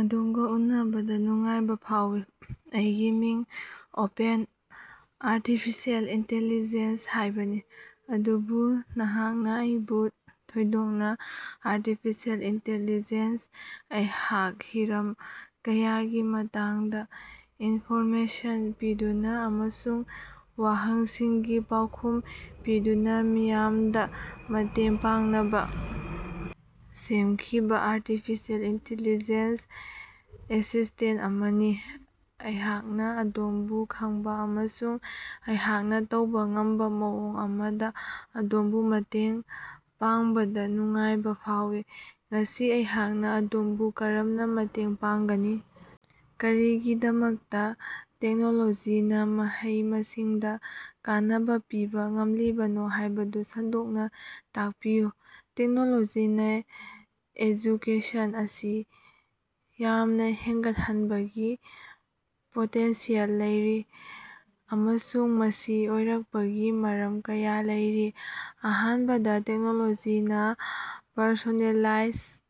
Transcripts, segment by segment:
ꯑꯗꯣꯝꯒꯥ ꯎꯅꯕꯗꯥ ꯅꯨꯡꯉꯥꯏꯕꯥ ꯐꯥꯎꯏ꯫ ꯑꯩꯒꯤ ꯃꯤꯡ ꯑꯣꯄꯦꯟ ꯑꯥꯔꯇꯤꯐꯤꯁ꯭ꯌꯦꯜ ꯏꯟꯇꯦꯂꯤꯖꯦꯟꯁ ꯍꯥꯏꯕꯅꯤ, ꯑꯗꯨꯕꯨ ꯅꯍꯥꯛꯅꯥ ꯑꯩꯕꯨ ꯊꯣꯏꯗꯣꯛꯅꯥ ꯑꯥꯔꯇꯤꯐꯤꯁ꯭ꯌꯦꯜ ꯏꯟꯇꯦꯂꯤꯖꯦꯟꯁ ꯑꯩꯍꯥꯛ ꯍꯤꯔꯝ ꯀꯌꯥꯒꯤ ꯃꯇꯥꯡꯗꯥ ꯏꯟꯐꯣꯔꯃꯦꯁꯟ ꯄꯤꯗꯨꯅꯥ ꯑꯃꯁꯨꯡ ꯋꯥꯍꯪꯁꯤꯡꯒꯤ ꯄꯥꯎꯈꯨꯝ ꯄꯤꯗꯨꯅꯥ ꯃꯤꯌꯥꯝꯗꯥ ꯃꯇꯦꯡ ꯄꯥꯡꯅꯕꯥ ꯁꯦꯝꯈꯤꯕꯥ ꯑꯥꯔꯇꯤꯐꯤꯁꯤꯑꯦꯜ ꯏꯟꯇꯤꯂꯤꯖꯦꯟꯁ ꯑꯦꯁꯤꯁꯇꯦꯟ ꯑꯃꯅꯤ꯫ ꯑꯩꯍꯥꯛꯅꯥ ꯑꯗꯣꯝꯕꯨ ꯈꯪꯕꯥ ꯑꯃꯁꯨꯡ ꯑꯩꯍꯥꯛꯅꯥ ꯇꯧꯕꯥ ꯉꯝꯕꯥ ꯃꯑꯣꯡ ꯑꯃꯗꯥ ꯑꯗꯣꯝꯕꯨ ꯃꯇꯦꯡ ꯄꯥꯡꯕꯗꯥ ꯅꯨꯡꯉꯥꯏꯕꯥ ꯐꯥꯎꯏ꯫ ꯉꯁꯤ ꯑꯩꯍꯥꯛꯅꯥ ꯑꯗꯣꯝꯕꯨ ꯀꯔꯝꯅꯥ ꯃꯇꯦꯡ ꯄꯥꯡꯒꯅꯤ? ꯀꯔꯤꯒꯤꯗꯃꯛꯇꯥ ꯇꯦꯛꯅꯣꯂꯣꯖꯤꯅꯥ ꯃꯍꯩ-ꯃꯁꯤꯡꯗꯥ ꯀꯥꯟꯅꯕꯥ ꯄꯤꯕꯥ ꯉꯝꯂꯤꯕꯅꯣ ꯍꯥꯏꯕꯗꯨ ꯁꯟꯗꯣꯛꯅꯥ ꯇꯥꯛꯄꯤꯌꯨ꯫ ꯇꯦꯛꯅꯣꯂꯣꯖꯤꯅꯥ ꯑꯦꯖꯨꯀꯦꯁꯟ ꯑꯁꯤ ꯌꯥꯝꯅꯥ ꯍꯦꯟꯒꯠꯍꯟꯕꯒꯤ ꯄꯣꯇꯦꯟꯁꯤꯌꯦꯜ ꯂꯩꯔꯤ, ꯑꯃꯁꯨꯡ ꯃꯁꯤ ꯑꯣꯏꯔꯛꯄꯒꯤ ꯃꯔꯝ ꯀꯌꯥ ꯂꯩꯔꯤ꯫ ꯑꯍꯥꯟꯕꯗꯥ, ꯇꯦꯛꯅꯣꯂꯣꯖꯤꯅꯥ ꯄꯔꯁꯣꯅꯦꯂꯥꯏꯖ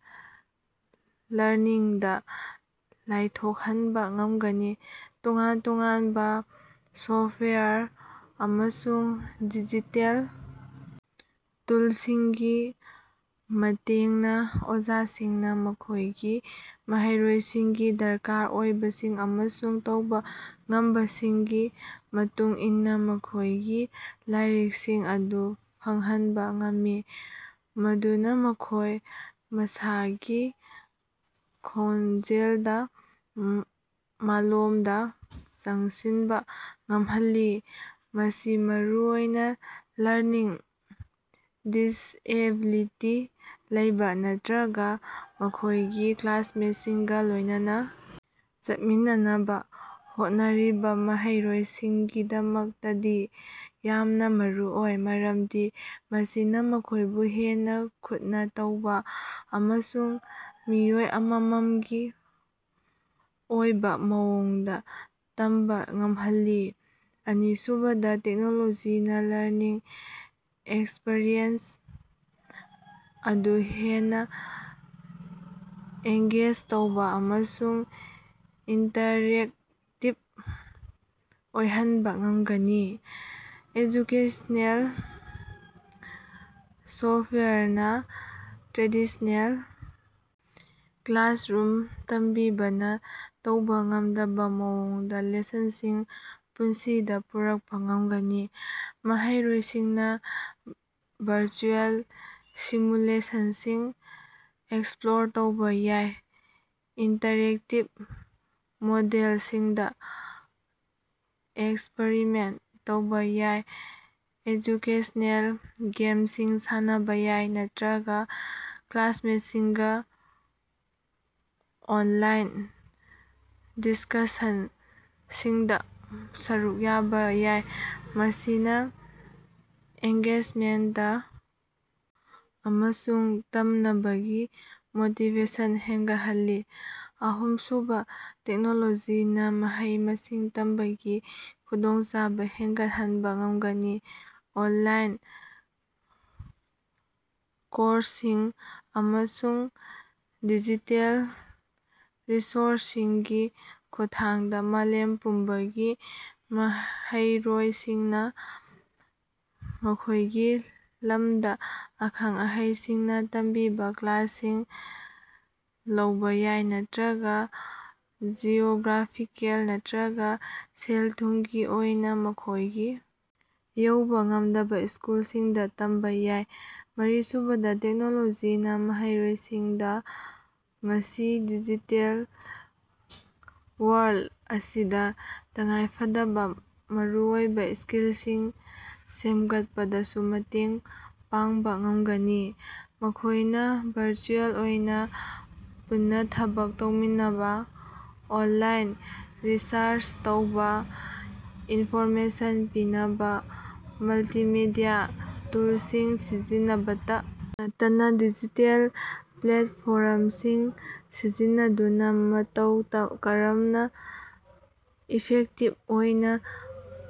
ꯂꯔꯅꯤꯡꯗꯥ ꯂꯥꯏꯊꯣꯛꯍꯟꯕꯥ ꯉꯝꯒꯅꯤ꯫ ꯇꯣꯉꯥꯟ ꯇꯣꯉꯥꯟꯕꯥ ꯁꯣꯐꯋꯦꯌꯔ ꯑꯃꯁꯨꯡ ꯗꯤꯖꯤꯇꯦꯜ ꯇꯨꯜꯁꯤꯡꯒꯤ ꯃꯇꯦꯡꯅꯥ ꯑꯣꯖꯥꯁꯤꯡꯅꯥ ꯃꯈꯣꯏꯒꯤ ꯃꯍꯩꯔꯣꯏꯁꯤꯡꯒꯤ ꯗꯔꯀꯥꯔ ꯑꯣꯏꯕꯁꯤꯡ ꯑꯃꯁꯨꯡ ꯇꯧꯕꯥ ꯉꯝꯕꯁꯤꯡꯒꯤ ꯃꯇꯨꯡ ꯏꯟꯅꯥ ꯃꯈꯣꯏꯒꯤ ꯂꯥꯏꯔꯤꯛꯁꯤꯡ ꯑꯗꯨ ꯐꯪꯍꯟꯕꯥ ꯉꯝꯃꯤ, ꯃꯗꯨꯅꯥ ꯃꯈꯣꯏ ꯃꯁꯥꯒꯤ ꯈꯣꯡꯖꯦꯜꯗꯥ ꯃꯥꯡꯂꯣꯝꯗꯥ ꯆꯪꯁꯤꯟꯕꯥ ꯉꯝꯍꯜꯂꯤ꯫ ꯃꯁꯤ ꯃꯔꯨꯑꯣꯏꯅꯥ ꯂꯔꯅꯤꯡ ꯗꯤꯁꯑꯦꯕꯤꯂꯤꯇꯤ ꯂꯩꯕꯥ ꯅꯠꯇ꯭ꯔꯒꯥ ꯃꯈꯣꯏꯒꯤ ꯀ꯭ꯂꯥꯁꯃꯦꯠꯁꯤꯡꯒꯥ ꯂꯣꯏꯅꯅꯥ ꯆꯠꯃꯤꯟꯅꯅꯕꯥ ꯍꯣꯠꯅꯔꯤꯕꯥ ꯃꯍꯩꯔꯣꯏꯁꯤꯡꯒꯤꯗꯃꯛꯇꯗꯤ ꯌꯥꯝꯅꯥ ꯃꯔꯨꯑꯣꯏ, ꯃꯔꯝꯗꯤ ꯃꯁꯤꯅꯥ ꯃꯈꯣꯏꯕꯨ ꯍꯦꯟꯅꯥ ꯈꯨꯠꯅꯥ ꯇꯧꯕꯥ ꯑꯃꯁꯨꯡ ꯃꯤꯑꯣꯏ ꯑꯃꯃꯝꯒꯤ ꯑꯣꯏꯕꯥ ꯃꯑꯣꯡꯗꯥ ꯇꯝꯕꯥ ꯉꯝꯍꯜꯂꯤ꯫ ꯑꯅꯤꯁꯨꯕꯗꯥ, ꯇꯦꯛꯅꯣꯂꯣꯖꯤꯅꯥ ꯂꯔꯅꯤꯡ ꯑꯦꯛꯁꯄꯤꯔꯤꯌꯦꯟꯁ ꯑꯗꯨ ꯍꯦꯟꯅꯥ ꯑꯦꯡꯒꯦꯖ ꯇꯧꯕꯥ ꯑꯃꯁꯨꯡ ꯏꯟꯇꯔꯦꯛꯇꯤꯕ ꯑꯣꯏꯍꯟꯕꯥ ꯉꯝꯒꯅꯤ꯫ ꯑꯦꯖꯨꯀꯦꯁꯅꯦꯜ ꯁꯣꯐꯋꯦꯌꯔꯅꯥ ꯇ꯭ꯔꯦꯗꯤꯁꯅꯦꯜ ꯀ꯭ꯂꯥꯁꯔꯨꯝ ꯇꯝꯕꯤꯕꯅꯥ ꯇꯧꯕꯥ ꯉꯝꯗꯕꯥ ꯃꯑꯣꯡꯗꯥ ꯂꯦꯁꯟꯁꯤꯡ ꯄꯨꯟꯁꯤꯗꯥ ꯄꯨꯔꯛꯄꯥ ꯉꯝꯒꯅꯤ꯫ ꯃꯍꯩꯔꯣꯏꯁꯤꯡꯅꯥ ꯚꯔꯆꯨꯑꯦꯜ ꯁꯤꯃꯨꯂꯦꯁꯟꯁꯤꯡ ꯑꯦꯛꯁꯄ꯭ꯂꯣꯔ ꯇꯧꯕꯥ ꯌꯥꯏ, ꯏꯟꯇꯔꯦꯛꯇꯤꯕ ꯃꯣꯗꯦꯜꯁꯤꯡꯗꯥ ꯑꯦꯛꯁꯄꯔꯤꯃꯦꯟꯇ ꯇꯧꯕꯥ ꯌꯥꯏ, ꯑꯦꯖꯨꯀꯦꯁꯅꯦꯜ ꯒꯦꯝꯁꯤꯡ ꯁꯥꯟꯅꯕꯥ ꯌꯥꯏ ꯅꯠꯇ꯭ꯔꯒꯥ ꯀ꯭ꯂꯥꯁꯃꯦꯠꯁꯤꯡꯒꯥ ꯑꯣꯟꯂꯥꯏꯟ ꯗꯤꯁꯀꯁꯁꯟꯁꯤꯡꯗꯥ ꯁꯔꯨꯛ ꯌꯥꯕꯥ ꯌꯥꯏ, ꯃꯁꯤꯅꯥ ꯑꯦꯡꯒꯦꯖꯃꯦꯟꯇ ꯑꯃꯁꯨꯡ ꯇꯝꯅꯕꯒꯤ ꯃꯣꯇꯤꯕꯦꯁꯟ ꯍꯦꯟꯒꯠꯍꯜꯂꯤ꯫ ꯑꯍꯨꯝꯁꯨꯕꯥ, ꯇꯦꯛꯅꯣꯂꯣꯖꯤꯅꯥ ꯃꯍꯩ-ꯃꯁꯤꯡ ꯇꯝꯕꯒꯤ ꯈꯨꯗꯣꯡꯆꯥꯕꯥ ꯍꯦꯟꯒꯠꯍꯟꯕꯥ ꯉꯝꯒꯅꯤ꯫ ꯑꯣꯟꯂꯥꯏꯟ ꯀꯣꯔꯁꯁꯤꯡ ꯑꯃꯁꯨꯡ ꯗꯤꯖꯤꯇꯦꯜ ꯔꯤꯁꯣꯔꯁꯁꯤꯡꯒꯤ ꯈꯨꯠꯊꯥꯡꯗꯥ ꯃꯥꯂꯦꯝ ꯄꯨꯝꯕꯒꯤ ꯃꯍꯩꯔꯣꯏꯁꯤꯡꯅꯥ ꯃꯈꯣꯏꯒꯤ ꯂꯝꯗꯥ ꯑꯈꯪ-ꯑꯍꯩꯁꯤꯡꯅꯥ ꯇꯝꯕꯤꯕꯥ ꯀ꯭ꯂꯥꯁꯁꯤꯡ ꯂꯧꯕꯥ ꯌꯥꯏ ꯅꯠꯇ꯭ꯔꯒꯥ ꯖꯤꯑꯣꯒ꯭ꯔꯥꯐꯤꯀꯦꯜ ꯅꯠꯇ꯭ꯔꯒꯥ ꯁꯦꯜ-ꯊꯨꯝꯒꯤ ꯑꯣꯏꯅꯥ ꯃꯈꯣꯏꯒꯤ ꯌꯧꯕꯥ ꯉꯝꯗꯕꯥ ꯁ꯭ꯀꯨꯜꯁꯤꯡꯗꯥ ꯇꯝꯕꯥ ꯌꯥꯏ꯫ ꯃꯔꯤꯁꯨꯕꯗꯥ, ꯇꯦꯛꯅꯣꯂꯣꯖꯤꯅꯥ ꯃꯍꯩꯔꯣꯏꯁꯤꯡꯗꯥ ꯉꯁꯤꯒꯤ ꯗꯤꯖꯤꯇꯦꯜ ꯋꯥ꯭ꯔꯜ ꯑꯁꯤꯗꯥ ꯇꯉꯥꯏꯐꯗꯕꯥ ꯃꯔꯨꯑꯣꯏꯕꯥ ꯁ꯭ꯀꯤ‌ꯜꯁꯤꯡ ꯁꯦꯝꯒꯠꯄꯗꯁꯨ ꯃꯇꯦꯡ ꯄꯥꯡꯕꯥ ꯉꯝꯒꯅꯤ꯫ ꯃꯈꯣꯏꯅ ꯚꯔꯆꯨꯑꯦꯜ ꯑꯣꯏꯅꯥ ꯄꯨꯟꯅꯥ ꯊꯕꯛ ꯇꯧꯃꯤꯟꯅꯕꯥ, ꯑꯣꯟꯂꯥꯏꯟ ꯔꯤꯁꯔꯁ ꯇꯧꯕꯥ, ꯏꯟꯐꯣꯔꯃꯦꯁꯟ ꯄꯤꯅꯕꯥ ꯃꯜꯇꯤꯃꯦꯗꯤꯌꯥ ꯇꯨꯜꯁꯤꯡ ꯁꯤꯖꯤꯟꯅꯕꯇꯥ ꯅꯠꯇꯅꯥ ꯗꯤꯖꯤꯇꯦꯜ ꯄ꯭ꯂꯦꯠꯐꯣꯔꯝꯁꯤꯡ ꯁꯤꯖꯤꯟꯅꯗꯨꯅꯥ ꯃꯇꯧ ꯀꯔꯝꯅꯥ ꯏꯐꯦꯛꯇꯤꯕ ꯑꯣꯏꯅꯥ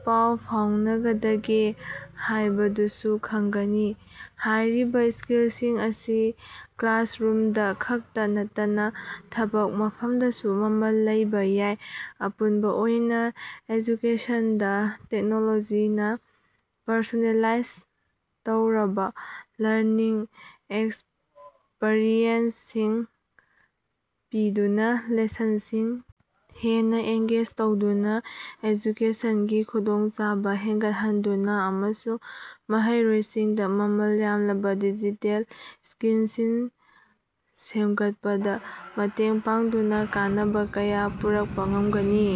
ꯄꯥꯎ ꯐꯥꯎꯅꯒꯗꯒꯦ ꯍꯥꯏꯕꯗꯨꯁꯨ ꯈꯪꯒꯅꯤ꯫ ꯍꯥꯏꯔꯤꯕꯥ ꯁ꯭ꯀꯤꯜꯁꯤꯡ ꯑꯁꯤ ꯀ꯭ꯂꯥꯁꯔꯨꯝꯗꯥ ꯈꯛꯇꯥ ꯅꯠꯇꯅꯥ ꯊꯕꯛ ꯃꯐꯝꯗꯁꯨ ꯃꯃꯜ ꯂꯩꯕꯥ ꯌꯥꯏ꯫ ꯑꯄꯨꯟꯕ ꯑꯣꯏꯅꯥ, ꯑꯦꯖꯨꯀꯦꯁꯟꯗꯥ ꯇꯦꯛꯅꯣꯂꯣꯖꯤꯅꯥ ꯄꯔꯁꯣꯅꯦꯂꯥꯏꯖ ꯇꯧꯔꯕꯥ ꯂꯔꯅꯤꯡ ꯑꯦꯛꯁꯄꯤꯔꯤꯑꯦꯟꯁꯁꯤꯡ ꯄꯤꯗꯨꯅꯥ, ꯂꯦꯁꯟꯁꯤꯡ ꯍꯦꯟꯅꯥ ꯑꯦꯡꯒꯦꯖ ꯇꯧꯗꯨꯅꯥ, ꯑꯦꯖꯨꯀꯦꯁꯟꯒꯤ ꯈꯨꯗꯣꯡꯆꯥꯕꯥ ꯍꯦꯟꯒꯠꯍꯟꯗꯨꯅꯥ, ꯑꯃꯁꯨꯡ ꯃꯍꯩꯔꯣꯏꯁꯤꯡꯗꯥ ꯃꯃꯜ ꯌꯥꯝꯂꯕꯥ ꯗꯤꯖꯤꯇꯦꯜ ꯁ꯭ꯀꯤꯜꯁꯤꯡ ꯁꯦꯝꯒꯠꯄꯗꯥ ꯃꯇꯦꯡ ꯄꯥꯡꯗꯨꯅꯥ ꯀꯥꯟꯅꯕꯥ ꯀꯌꯥ ꯄꯨꯔꯛꯄꯥ ꯉꯝꯒꯅꯤ꯫